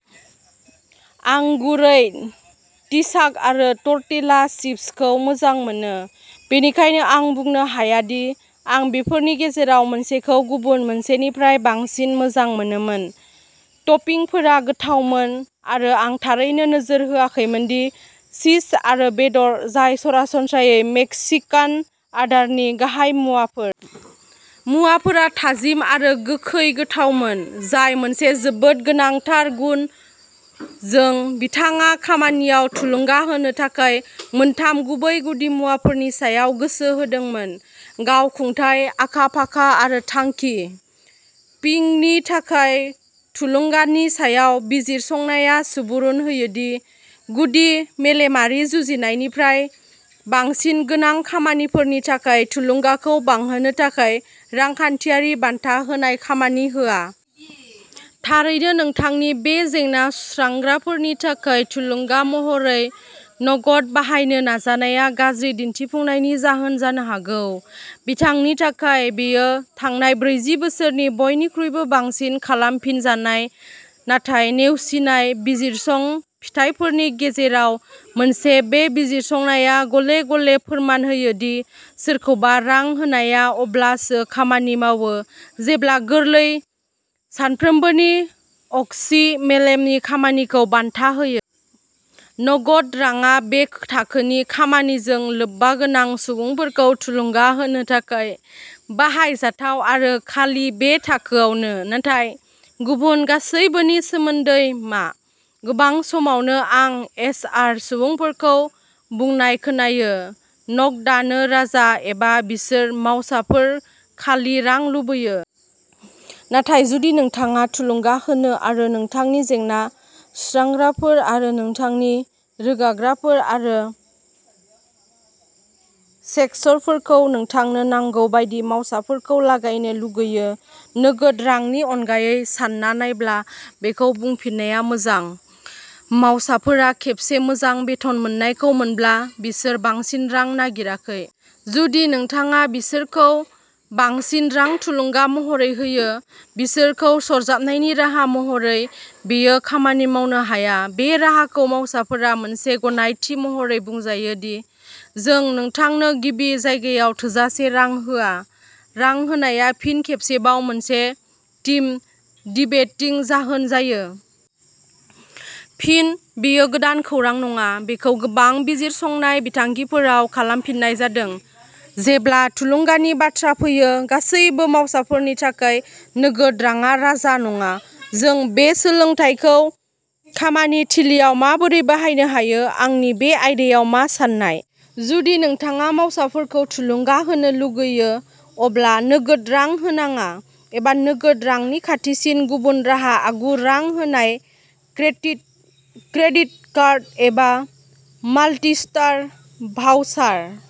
आं गुरै ट्याक'आरो टर्टिला चिप्सखौ मोजां मोनो, बेनिखायनो आं बुंनो हाया दि आं बेफोरनि गेजेराव मोनसेखौ गुबुन मोनसेनिफ्राय बांसिन मोजां मोनोमोन। टपिंफोरा गोथावमोन आरो आं थारैनो नोजोर होआखैमोन दि चीज आरो बेदर जाय सरासनस्रायै मेक्सिकान आदारनि गाहाय मुवाफोर। मुवाफोरा थाजिम आरो गोखै गोथावमोन जाय मोनसे जोबोद गोनांथार गुन। जों, बिथाङा खामानियाव थुलुंगा होनो थाखाय मोनथाम गुबै गुदिमुवाफोरनि सायाव गोसो होदोंमोनः गावखुंथाय, आखा-फाखा आरो थांखि। पिंकनि थाखाय, थुलुंगानि सायाव बिजिरसंनाया सुबुरुन होयो दि, गुदि मेलेमारि जुजिनायनिख्रुइ बांसिन गोनां खामानिफोरनि थाखाय, थुलुंगाखौ बांहोनो थाखाय रांखान्थियारि बान्था होनाय खामानि होआ। थारैनो, नोंथांनि जेंना-सुस्रांग्राफोरनि थाखाय थुलुंगा महरै नगद बाहायनो नाजानाया गाज्रि दिन्थिफुंनायनि जाहोन जानो हागौ। बिथांनि थाखाय, बेयो थांनाय ब्रैजि बोसोरनि बयनिख्रुइबो बांसिन खालामफिनजानाय नाथाय नेवसिनाय बिजिरसं फिथाइफोरनि गेजेराव मोनसे। बे बिजिरसंनाया गले-गले फोरमान होयो दि सोरखौबा रां होनाया अब्लासो खामानि मावो जेब्ला गोरलै, सानफ्रोमबोनि आगसि-मेलेमनि खामानिखौ बान्था होयो। नगद रांआ बे थाखोनि खामानिजों लोब्बागोनां सुबुंफोरखौ थुलुंगा होनो थाखाय बाहायजाथाव आरो खालि बे थाखोआवनो। नाथाय गुबुन गासैबोनि सोमोन्दै मा? गोबां समावनो आं एचआर सुबुंफोरखौ बुंनाय खोनायोः'नगदानो राजा'; एबाः'बिसोर मावसाफोर खालि रां लुबैयो! 'नाथाय जुदि नोंथाङा थुलुंगा होनो आरो नोंथांनि जेंना-सुस्रांग्राफोर आरो नोंथांनि रोगाग्राफोर आरो शेकर्सफोरखौ नोंथांनो नांगौ बायदि मावसाफोरखौ लागायनो लुगैयो। नोगोद रांनि अनगायै सानना नायब्ला। बेखौ बुंफिननाया मोजांः मावसाफोरा खेबसे मोजां बेथन मोननायखौ मोनब्ला, बिसोर बांसिन रां नागिराखै। जुदि नोंथाङा बिसोरखौ बांसिन रां थुलुंगा महरै होयो-बिसोरखौ सरजाबनायनि राहा महरै, बेयो खामानि मावनो हाया। बे राहाखौ मावसाफोरा मोनसे गनायथि महरै बुजायो दिः जों नोंथांनो गिबि जायगायाव थोजासे रां होआ। रां होनाया फिन खेबसेबाव मोनसे डिम'टिभेटिं जाहोन जायो। फिन, बेयो गोदान खौरां नङाः बेखौ गोबां बिजिरसंनाय बिथांखिफोराव खालामफिननाय जादों। जेब्ला थुलुंगानि बाथ्रा फैयो, गासैबो मावसाफोरनि थाखाय नोगोद रांआ राजा नङा। जों बे सोलोंथायखौ खामानि थिलिआव माबोरै बाहायनो हायो? आंनि बे आयदायाव मा साननाय? जुदि नोंथाङा मावसाफोरखौ थुलुंगा होनो लुगैयो अब्ला नोगोद रां होनाङा, एबा नोगोद रांनि खाथिसिन गुबुन राहा-आगु-रां होनाय क्रेडिट कार्ड एबा माल्टिस्ट'र भाउचार।